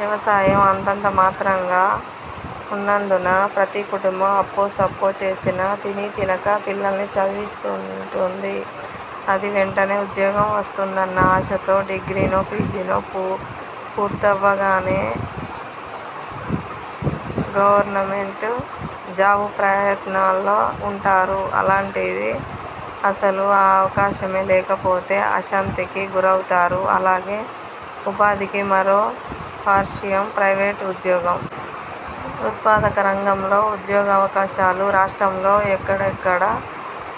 వ్యవసాయం అంతంత మాత్రంగా ఉన్నందున ప్రతి కుటుంబం అప్పో సప్పో చేసిన తినీతినక పిల్లల్ని చదివిస్తుంటుంది. అదీ వెంటనే ఉద్యోగం వస్తుందన్న ఆశతో. డిగ్రీనో, పీజీనో పూర్తవ్వగానే గవర్నమెంట్ జాబ్ ప్రయత్నాల్లో ఉంటారు. అలాంటిది అసలు ఆ అవకాశమే లేకపోతే అశాంతికి గురవుతారు. అలాగే ఉపాధికి మరో పార్శ్యం ప్రైవేట్ ఉద్యోగం. ఉత్పాదక రంగంలో ఉద్యోగావకాశాలు రాష్ట్రంలో ఎక్కడికక్కడ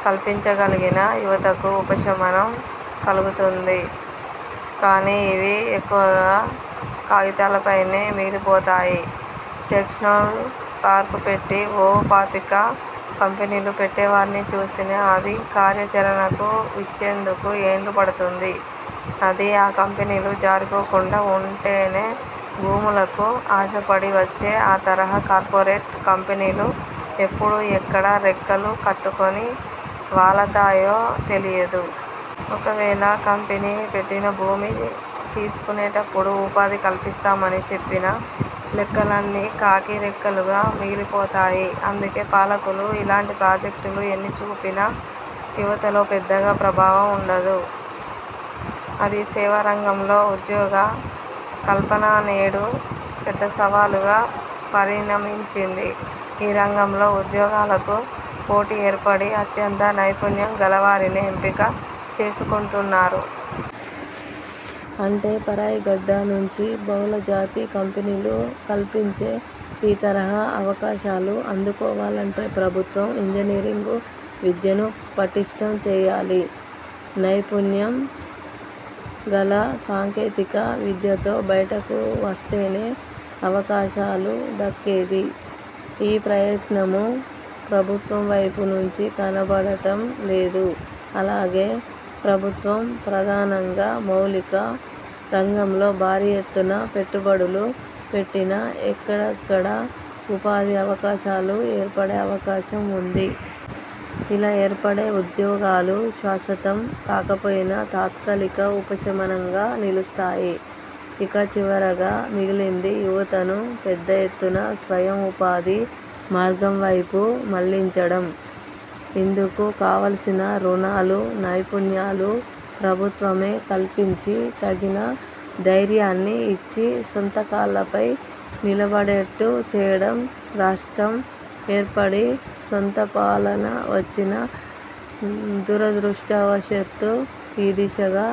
కల్పించగలిగినా యువతకు ఉపశమనం కలుగుతుంది. కానీ ఇవి ఎక్కువగా కాగితాలపైనే మిగిలిపోతాయి. టెక్స్టైల్ పార్క్ పెట్టి ఓ పాతిక కంపెనీలు పెట్టేవారిని చూసినా అది కార్యాచరణకు వచ్చేందుకు ఏళ్లు పడుతుంది. అదీ ఆ కంపెనీలు జారిపోకుండా ఉంటేనే. భూములకు ఆశపడి వచ్చే ఈ తరహా కార్పొరేట్ కంపెనీలు ఎప్పుడు ఎక్కడ రెక్కలు కట్టుకొని వాలతాయో తెలియదు. ఒకవేళ కంపెనీ పెట్టినా భూమి తీసుకునేటప్పుడు ఉపాధి కల్పిస్తామని చెప్పినా లెక్కలన్నీ కాకి లెక్కలుగా మిగిలిపోతాయి. అందుకే పాలకులు ఇలాంటి ప్రాజెక్టులు ఎన్ని చూపినా యువతలో పెద్దగా ప్రభావం ఉండదు. అదే సేవారంగంలో ఉద్యోగ కల్పన నేడు పెద్ద సవాలుగా పరిణమించింది. ఈ రంగంలో ఉద్యోగాలకు పోటీ ఏర్పడి అత్యంత నైపుణ్యం గలవారినే ఎంపిక చేసుకుంటున్నారు. అంటే పరాయిగడ్డ నుంచి బహుళజాతి కంపెనీలు కల్పించే ఈ తరహా అవకాశాలు అందుకోవాలంటే ప్రభుత్వం ఇంజనీ రింగ్ విద్యను పటిష్ఠం చేయాలి. నైపుణ్యం గల సాంకేతిక విద్యతో బయటకు వస్తేనే అవకాశాలు దక్కేది. ఈ ప్రయత్నమూ ప్రభుత్వం వైపు నుంచి కనపడటం లేదు. అలాగే, ప్రభుత్వం ప్రధానంగా మౌలిక రంగంలో భారీ ఎత్తున పెట్టుబడులు పెట్టినా ఎక్కడికక్కడ ఉపాధి అవకాశాలు ఏర్పడే అవకాశం ఉంది. ఇలా ఏర్పడే ఉద్యోగాలు శాశ్వతం కాకపోయినా తాత్కాలిక ఉపశమనంగా నిలుస్తాయి. ఇక చివరగా మిగిలింది యువతను పెద్ద ఎత్తున స్వయం ఉపాధి మార్గం వైపు మళ్లించడం. ఇందుకు కావలసిన రుణాలు, నైపుణ్యాలు ప్రభుత్వమే కల్పించి తగిన ధైర్యాన్ని ఇచ్చి సొంతకాళ్లపై నిలబడేట్టు చేయడం. రాష్ట్రం ఏర్పడి, సొంత పాలన వచ్చినా దురదృష్టవశాత్తు ఈ దిశగా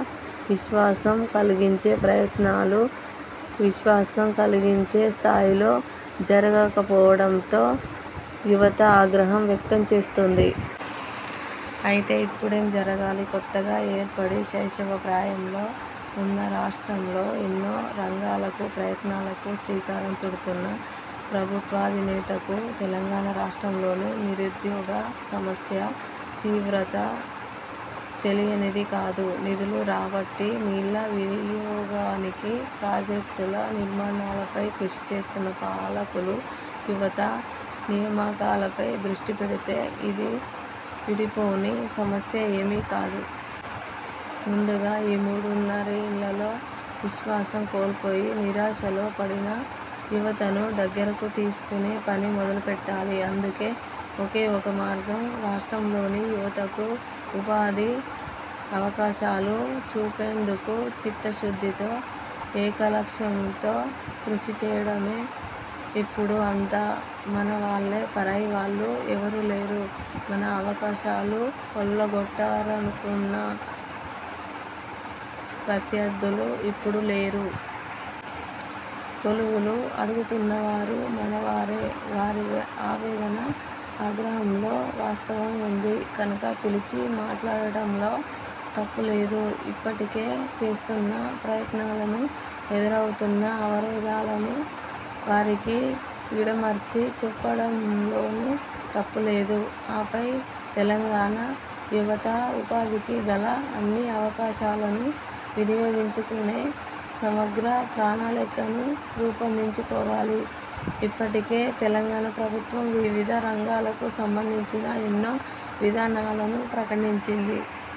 విశ్వాసం కల్గించే ప్రయత్నాలు విశ్వాసం కలిగించే స్థాయిలో జరుగకపోవడంతో యువత ఆగ్రహం వ్యక్తం చేస్తోంది. అయితే, ఇప్పుడేం జరగాలి? కొత్తగా ఏర్పడి శైశవ ప్రాయంలో ఉన్న రాష్ట్రంలో ఎన్నో రంగాలకు, ప్రయత్నాలకు శ్రీకారం చుడుతున్న ప్రభుత్వాధినేతకు తెలంగాణ రాష్ట్రంలోని నిరుద్యోగ సమస్య తీవ్రత తెలియనిది కాదు. నిధులు రాబట్టి, నీళ్ల వినియోగానికి ప్రాజెక్టుల నిర్మాణాలపై కృషి చేస్తున్న పాలకులు యువత నియామకాలపై దృష్టి పెడితే ఇది విడిపోని సమస్య ఏమీకాదు. ముందుగా ఈ మూడున్నరేళ్లలో విశ్వాసం కోల్పోయి నిరాశలో పడిన యువతను దగ్గరకు తీసుకునే పని మొదలుపెట్టాలి. అందుకే ఒకే ఒక మార్గం రాష్ట్రంలోని యువతకు ఉపాధి అవకాశాలు చూపేందుకు చిత్తశుద్ధితో ఏకలక్ష్యంతో కృషి చేయడమే. ఇప్పుడు అంతా మన వాళ్లే, పరాయివాళ్లు ఎవరూ లేరు. మన అవకాశాలు కొల్లగొట్టారనుకున్న ప్రత్యర్థులు ఇప్పుడు లేరు. కొలువులు అడుగుతున్నవారు మనవారే. వారి ఆవేదన, ఆగ్రహంలో వాస్తవం ఉంది. కనుక పిలిచి మాట్లాడటంలో తప్పులేదు. ఇప్పటికే చేస్తున్న ప్రయత్నాలను, ఎదురవుతున్న అవరోధాలను వారికి విడమర్చి చెప్పడంలోనూ తప్పులేదు. ఆపై తెలంగాణ యువత ఉపాధికి గల అన్ని అవకాశాలను వినియోగించుకునే సమగ్ర ప్రణాళికను రూపొందించుకోవాలి. ఇప్పటికే తెలంగాణ ప్రభుత్వం వివిధ రంగాలకు సంబంధించిన ఎన్నో విధానాలను ప్రకటించింది.